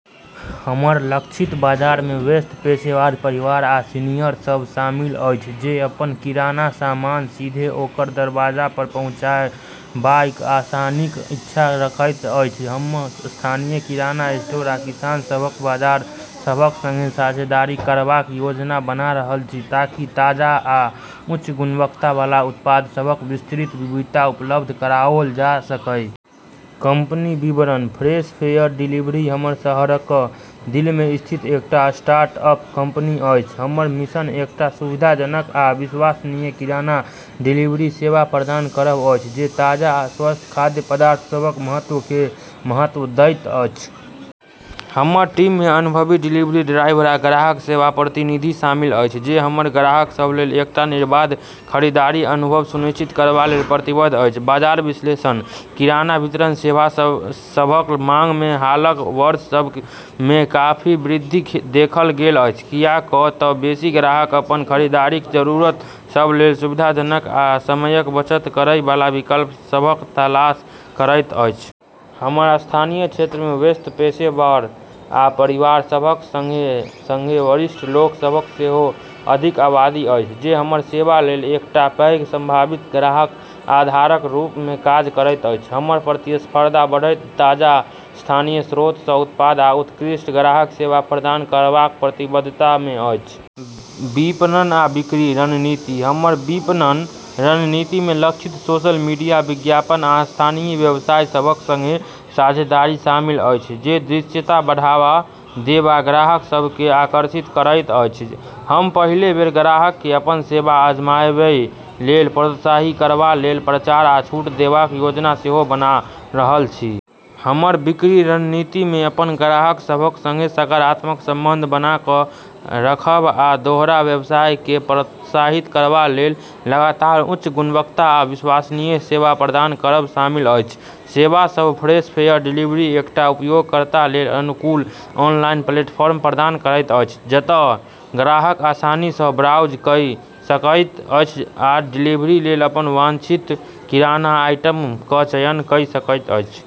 हमर लक्षित बाजार मे व्यस्त पेशेवर, परिवार, आ सीनियर सभ शामिल अछि जे अपन किराना सामान सीधे ओकर दरवाजा पर पहुँचैबाक आसानीक इच्छा रखैत अछि। हम स्थानीय किराना स्टोर आ किसान सभक बाजार सभक संगे साझेदारी करबाक योजना बना रहल छी ताकि ताजा आ उच्च गुणवत्ता बला उत्पाद सभक विस्तृत विविधता उपलब्ध कराओल जा सकए। कंपनी विवरण: फ्रेश फेयर डिलीवरी हमर शहरक दिल मे स्थित एकटा स्टार्टअप कंपनी अछि। हमर मिशन एकटा सुविधाजनक आ विश्वसनीय किराना डिलीवरी सेवा प्रदान करब अछि जे ताजा आ स्वस्थ खाद्य पदार्थ सभक महत्व केँ महत्व दैत अछि। हमर टीम मे अनुभवी डिलीवरी ड्राइवर आ ग्राहक सेवा प्रतिनिधि शामिल अछि जे हमर ग्राहक सभ लेल एकटा निर्बाध खरीदारी अनुभव सुनिश्चित करबा लेल प्रतिबद्ध अछि। बाजार विश्लेषण: किराना वितरण सेवा सभक मांग मे हालक वर्ष सभ मे काफी वृद्धि देखल गेल अछि, कियाक तँ बेसी ग्राहक अपन खरीदारीक जरूरत सभ लेल सुविधाजनक आ समयक बचत करै बला विकल्प सभक तलाश करैत अछि। हमर स्थानीय क्षेत्र मे व्यस्त पेशेवर आ परिवार सभक संगे-संगे वरिष्ठ लोक सभक सेहो अधिक आबादी अछि, जे हमर सेवा लेल एकटा पैघ संभावित ग्राहक आधारक रूप मे काज करैत अछि। हमर प्रतिस्पर्धी बढ़त ताजा, स्थानीय स्रोत सँ उत्पाद आ उत्कृष्ट ग्राहक सेवा प्रदान करबाक प्रतिबद्धता मे अछि। विपणन आ बिक्री रणनीति: हमर विपणन रणनीति मे लक्षित सोशल मीडिया विज्ञापन आ स्थानीय व्यवसाय सभक संगे साझेदारी शामिल अछि जे दृश्यता बढ़ावा देब आ ग्राहक सभ केँ आकर्षित करैत अछि। हम पहिल बेर ग्राहक केँ अपन सेवा आजमाबए लेल प्रोत्साहित करबा लेल प्रचार आ छूट देबाक योजना सेहो बना रहल छी। हमर बिक्री रणनीति मे अपन ग्राहक सभक संगे सकारात्मक संबंध बना कऽ रखब आ दोहरा व्यवसाय केँ प्रोत्साहित करबा लेल लगातार उच्च गुणवत्ता आ विश्वसनीय सेवा प्रदान करब शामिल अछि। सेवा सभ: फ्रेश फेयर डिलीवरी एकटा उपयोगकर्ता लेल अनुकूल ऑनलाइन प्लेटफॉर्म प्रदान करैत अछि जतए ग्राहक आसानी सँ ब्राउज़ कइ सकैत अछि आ डिलीवरी लेल अपन वांछित किराना आइटम क चयन कइ सकैत अछि।